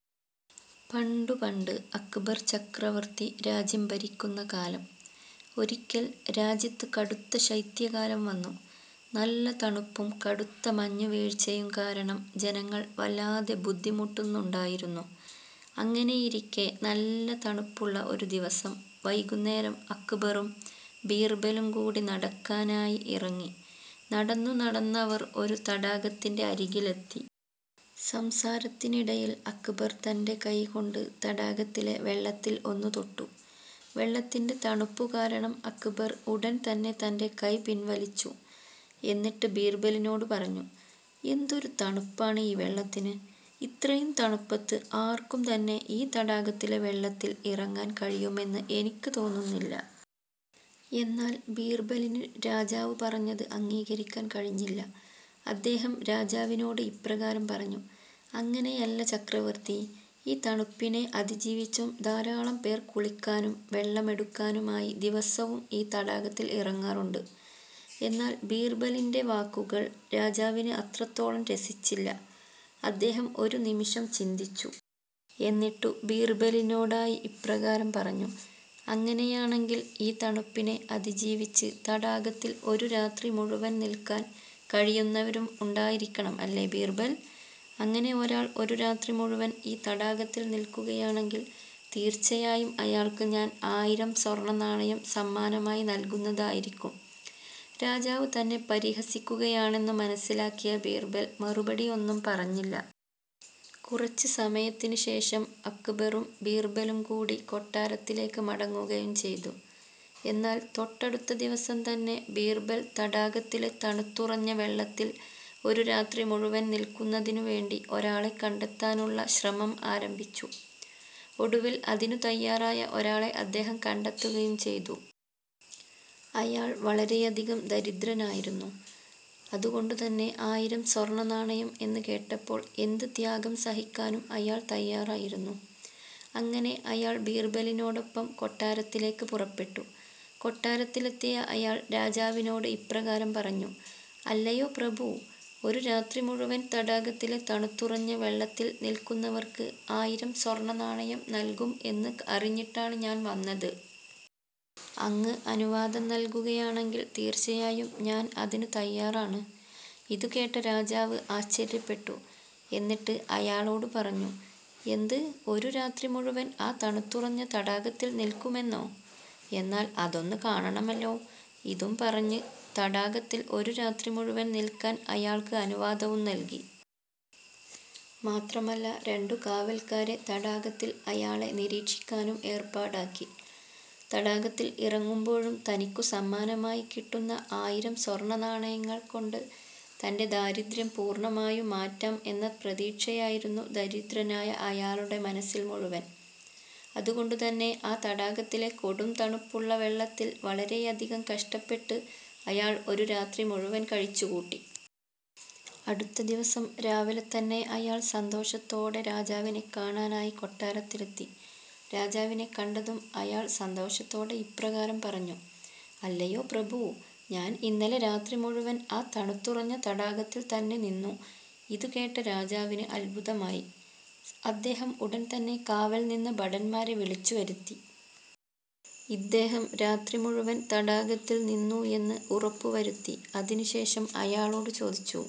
പണ്ടു പണ്ട് അക്ബർ ചക്രവർത്തി രാജ്യം ഭരിക്കുന്ന കാലം. ഒരിക്കൽ രാജ്യത്ത് കടുത്ത ശൈത്യകാലം വന്നു. നല്ല തണുപ്പും കടുത്ത മഞ്ഞുവീഴ്ചയും കാരണം ജനങ്ങൾ വല്ലാതെ ബുദ്ധിമുട്ടുന്നുണ്ടായിരുന്നു. അങ്ങനെയിരിക്കെ നല്ല തണുപ്പുള്ള ഒരു ദിവസം വൈകുന്നേരം അക്ബറും ബീർബലും കൂടി നടക്കാനായി ഇറങ്ങി. നടന്നു നടന്നവർ ഒരു തടാകത്തിന്റെ അരികിലെത്തി. സംസാരത്തിനിടയിൽ അക്ബർ തന്റെ കൈ കൊണ്ട് തടാകത്തിലെ വെള്ളത്തിൽ ഒന്നു തൊട്ടു. വെള്ളത്തിന്റെ തണുപ്പു കാരണം അക്ബർ ഉടൻ തന്നെ തന്റെ കൈ പിൻവലിച്ചു. എന്നിട്ട് ബീർബലിനോട് പറഞ്ഞു "എന്തൊരു തണുപ്പാണ് ഈ വെള്ളത്തിന്. ഇത്രയും തണുപ്പത്ത് ആർക്കും തന്നെ ഈ തടാകത്തിലെ വെള്ളത്തിൽ ഇറങ്ങാൻ കഴിയുമെന്നു എനിക്ക് തോന്നുന്നില്ല. " എന്നാൽ ബീർബലിന് രാജാവ് പറഞ്ഞതു അംഗീകരിക്കാൻ കഴിഞ്ഞില്ല. അദ്ദേഹം രാജാവിനോട് ഇപ്രകാരം പറഞ്ഞു "അങ്ങനെയല്ല ചക്രവർത്തി ഈ തണുപ്പിനെ അതിജീവിച്ചും ധാരാളം പേർ കുളിക്കാനും വെള്ളം എടുക്കാനുമായി ദിവസവും ഈ തടാകത്തിൽ ഇറങ്ങാറുണ്ട്. " എന്നാൽ ബീർബലിന്റെ വാക്കുകൾ രാജാവിന് അത്രത്തോളം രസിച്ചില്ല. അദ്ദേഹം ഒരു നിമിഷം ചിന്തിച്ചു. എന്നിട്ടു ബീർബലിനോടായി ഇപ്രകാരം പറഞ്ഞു "അങ്ങനെയാണെങ്കിൽ ഈ തണുപ്പിനെ അതിജീവിച്ച് തടാകത്തിൽ ഒരു രാത്രി മുഴുവൻ നിൽക്കാൻ കഴിയുന്നവരും ഉണ്ടായിരിക്കണം അല്ലേ ബീർബൽ? അങ്ങനെ ഒരാൾ ഒരു രാത്രി മുഴുവൻ ഈ തടാകത്തിൽ നിൽക്കുകയാണെങ്കിൽ തീർച്ചയായും അയാൾക്ക് ഞാൻ ആയിരം സ്വർണനാണയം സമ്മാനമായി നൽകുന്നതായിരിക്കും. " രാജാവ് തന്നെ പരിഹസിക്കുകയാണെന്നു മനസിലാക്കിയ ബീർബൽ മറുപടി ഒന്നും പറഞ്ഞില്ല. കുറച്ചു സമയത്തിന് ശേഷം അക്ബറും ബീർബലും കൂടി കൊട്ടാരത്തിലേക്ക് മടങ്ങുകയും ചെയ്തു. എന്നാൽ തൊട്ടടുത്ത ദിവസം തന്നെ ബീർബൽ തടാകത്തിലെ തണുത്തുറഞ്ഞ വെള്ളത്തിൽ ഒരു രാത്രി മുഴുവൻ നിൽക്കുന്നതിനു വേണ്ടി ഒരാളെ കണ്ടെത്താനുള്ള ശ്രമം ആരംഭിച്ചു. ഒടുവിൽ അതിനു തയ്യാറായ ഒരാളെ അദ്ദേഹം കണ്ടെത്തുകയും ചെയ്തു. അയാൾ വളരെയധികം ദരിദ്രനായിരുന്നു. അതുകൊണ്ടു തന്നെ ആയിരം സ്വർണനാണയം എന്ന് കേട്ടപ്പോൾ എന്തു ത്യാഗം സഹിക്കാനും അയാൾ തയ്യാറായിരുന്നു. അങ്ങനെ അയാൾ ബീർബലിനോടൊപ്പം കൊട്ടാരത്തിലേക്ക് പുറപ്പെട്ടു. കൊട്ടാരത്തിലെത്തിയ അയാൾ രാജാവിനോനോട് ഇപ്രകാരം പറഞ്ഞു. "അല്ലയോ പ്രഭു, ഒരു രാത്രി മുഴുവൻ തടാകത്തിലെ തണുത്തുറഞ്ഞ വെള്ളത്തിൽ നിൽക്കുന്നവർക്ക് ആയിരം സ്വർണനാണയം നൽകും എന്ന് അറിഞ്ഞിട്ടാണ് ഞാൻ വന്നത്. അങ്ങ് അനുവാദം നൽകുകയാണെങ്കിൽ തീർച്ചയായും ഞാൻ അതിന് തയ്യാറാണ്. " ഇതു കേട്ട രാജാവ് ആശ്ചര്യപ്പെട്ടു. എന്നിട്ട് അയാളോട് പറഞ്ഞു "എന്ത് ഒരു രാത്രി മുഴുവൻ ആ തണുത്തുറഞ്ഞ തടാകത്തിൽ നിൽക്കുമെന്നോ? എന്നാൽ അതൊന്നു കാണണമല്ലോ. " ഇതും പറഞ്ഞു തടാകത്തിൽ ഒരു രാത്രി മുഴുവൻ നിൽക്കാൻ അയാൾക്ക് അനുവാദവും നൽകി. മാത്രമല്ല രണ്ടു കാവൽക്കാരെ തടാകത്തിൽ അയാളെ നിരീക്ഷിക്കാനും ഏർപ്പാടാക്കി. തടാകത്തിൽ ഇറങ്ങുമ്പോഴും തനിക്കു സമ്മാനമായി കിട്ടുന്ന ആയിരം സ്വർണനാണയങ്ങൾ കൊണ്ട് തന്റെ ദാരിദ്യം പൂർണമായും മാറ്റാം എന്ന പ്രതീക്ഷയായിരുന്നു ദരിദ്രനായ അയാളുടെ മനസ്സിൽ മുഴുവൻ. അതുകൊണ്ടു തന്നെ ആ തടാകത്തിലെ കൊടും തണുപ്പുള്ള വെള്ളത്തിൽ വളരെയധികം കഷ്ടപ്പെട്ട് അയാൾ ഒരു രാത്രി മുഴുവൻ കഴിച്ചു കൂട്ടി. അടുത്ത ദിവസം രാവിലെ തന്നെ അയാൾ സന്തോഷത്തോടെ രാജാവിനെ കാണാനായി കൊട്ടാരത്തിലെത്തി. രാജാവിനെ കണ്ടതും അയാൾ സന്തോഷത്തോടെ ഇപ്രകാരം പറഞ്ഞു. "അല്ലയോ പ്രഭു, ഞാൻ ഇന്നലെ രാത്രി മുഴുവൻ ആ തണുത്തുറഞ്ഞ തടാകത്തിൽ തന്നെ നിന്നു. " ഇതു കേട്ട രാജാവിന് അത്ഭുതമായി. അദ്ദേഹം ഉടൻ തന്നെ കാവൽ നിന്ന ഭടന്മാരെ വിളിച്ചു വരുത്തി. ഇദ്ദേഹം രാത്രി മുഴുവൻ തടാകത്തിൽ നിന്നു എന്ന് ഉറപ്പു വരുത്തി. അതിനു ശേഷം അയാളോട് ചോദിച്ചു